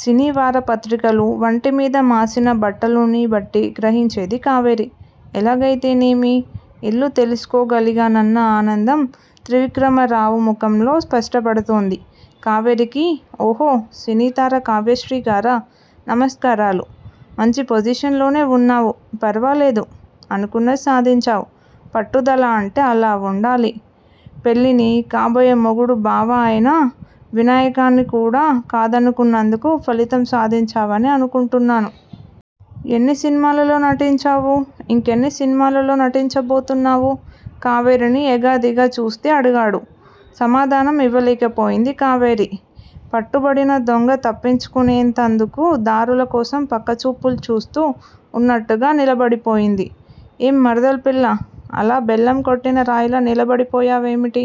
సినీవార పత్రికలు, వంటి మీద మాసిన బట్టలుని బట్టి గ్రహించింది కావేరి. ఎలాగయితేనేమి? ఇల్లు తెలుసుకోగలిగానన్న ఆనందం త్రివిక్రమరావు ముఖంలో స్పష్టపడుతోంది కావేరీకి. ఓహో? సినీతార కావ్యశ్రీగారా? నమస్కారాలు! మంచి పొజిషన్ లోనే వున్నావు. ఫరవాలేదు! అనుకున్నది సాధించావు. పట్టుదల అంటే అలా వుండాలి! పెళ్లిని, కాబోయే మొగుడూ బావ అయినా వినాయకాన్ని కూడా కాదనుకున్నందుకు ఫలితం సాధించావనే అనుకుంటున్నాను. ఎన్ని సినిమాలలో నటించావు? ఇంకెన్ని సినిమాలలో నటించబోతున్నావు? కావేరీని ఎగాదిగా చూస్తూ అడిగాడు. సమాధానం ఇవ్వలేకపోయింది కావేరి. పట్టుబడిన దొంగ తప్పించుకునేతందుకు దారులు కోసం పక్క చూపులు చూస్తూ వున్నట్లుగా నిలబడి పోయింది. ఏం మరదలు పిల్లా? అలా బెల్లం కొట్టిన రాయిలా నిలబడి పోయావేమిటి?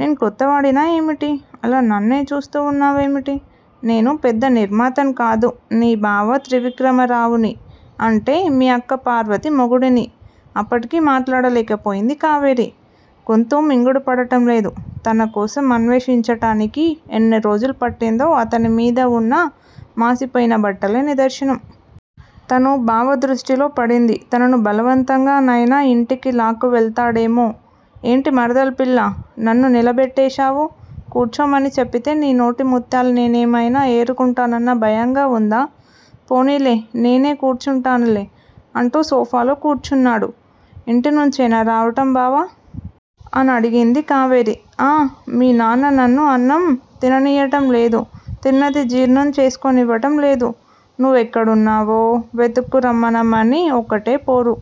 నేను కొత్తవాడినా ఏమిటి? అలా నన్నే చూస్తూ వున్నావేమిటి? నేను పెద్ద నిర్మాతను కాదు! నీ బావ త్రివిక్రమరావుని! అంటే మీ అక్క పార్వతి మొగుడిని! అప్పటికీ మాట్లాడలేక పోయింది కావేరి! గొంతు మింగుడు పడటం లేదు. తన కోసం అన్వేషించటానికి ఎన్ని రోజులు పట్టిందో అతని మీద వున్న మాసిపోయిన బట్టలే నిదర్శనం! తను బావ దృష్టిలో పడింది, తనను బలవంతంగా నయినా యింటికి లాక్కు వెళ్ళుతాడేమో? ఏంటి మరదలు పిల్లా? నన్ను నిలబెట్టేశావు? కూర్చోమని చెప్పితే నీ నోటి ముత్యాలు నేనేమయినా ఏరుకుంటానన్న భయంగా వుందా? పోనీలే నేనే కూర్చుంటానులే! అంటూ సోఫాలో కూర్చున్నాడు. ఇంటినుంచేనా రావటం బావా? అనడిగింది కావేరి. ఆఁ మీ నాన్న నన్ను అన్నం తిననీయటం లేదు! తిన్నది జీర్ణం చేసుకోనివ్వటం లేదు! నువ్వెక్కడున్నావో? వెతుక్కు రమ్మనమని ఒక్కటే పోరు!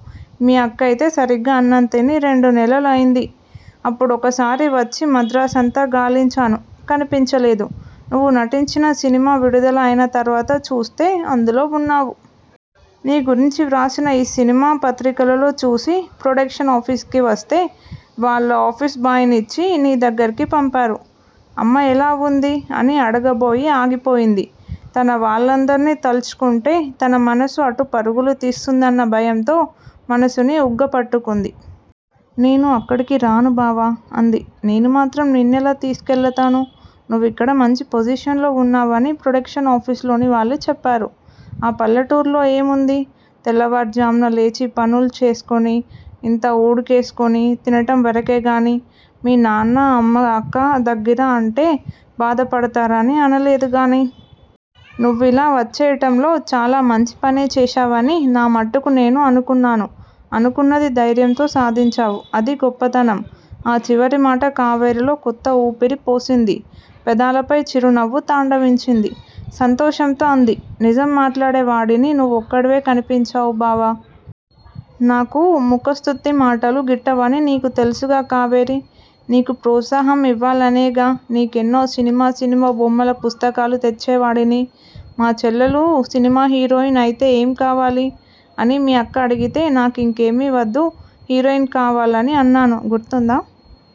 మీ అక్కయితే సరిగ్గా అన్నంతిని రెండు నెలలు అయింది. అప్పుడొకసారి వచ్చి మద్రాసంతా గాలించాను. కనిపించలేదు. నువ్వు నటించిన సినిమా విడుదల అయినా తరువాత చూస్తే అందులో వున్నావు. నీ గురించి వ్రాసిన ఈ సినిమా పత్రికలులో చూసి ప్రొడక్షన్ ఆఫీసుకు వస్తే వాళ్ళ ఆఫీసు బాయ్ నిచ్చి నీ దగ్గిరకు పంపారు. అమ్మ ఎలా వుంది? అని అడగబోయి ఆగిపోయింది. తన వాళ్ళందరినీ తలుచుకుంటే తన మనసు అటు పరుగులు తీస్తుందన్న భయంతో మనసుని ఉగ్గపట్టుకుంది. నేను అక్కడకు రాను బావా! అంది. నేనుమాత్రం నిన్నెలా తీసుకెళ్ళతాను? నువ్విక్కడ మంచి పొజిషన్ లో వున్నావని ప్రొడక్షన్ ఆఫీసులోని వాళ్ళు చెప్పారు. ఆ పల్లెటూరిలో ఏముంది? తెల్లవారుఝామున లేచి పనులు చేసుకుని ఇంత ఉడకేసుకుని తినటం వరకే గాని! మీ నాన్న అమ్మ అక్క దగ్గిర అంటే బాధపడతారని అనలేదు గాని! నువ్విలా వచ్చేయటంలో చాలా మంచి పనే చేశావని నా మట్టుకు నేను అనుకున్నాను. అనుకున్నది ధైర్యంతో సాధించావు. అదీ గొప్పతనం. ఆ చివరి మాట కావేరీలో కొత్త ఊపిరి పోసింది. పెదాలపై చిరునవ్వు తాండవించింది. సంతోషంతో అంది. నిజం మాట్లాడే వాడిని నువ్వొక్కడివే కనిపించావు బావా! నాకు ముఖస్తుతి మాటలు గిట్టవని నీకూ తెలుసుగా కావేరీ? నీకు ప్రోత్సాహం ఇవ్వలనేగా నీకెన్నో సినిమా సినిమా బొమ్మల పుస్తకాలు తెచ్చేవాడిని! మా చెల్లెలు సినిమా హీరోయిన్ అయితే ఏం కావాలి? అని మీ అక్క అడిగితే, నాకు ఇంకేమీ వద్దు. హీరోయిన్ కావాలని అన్నాను గుర్తుందా?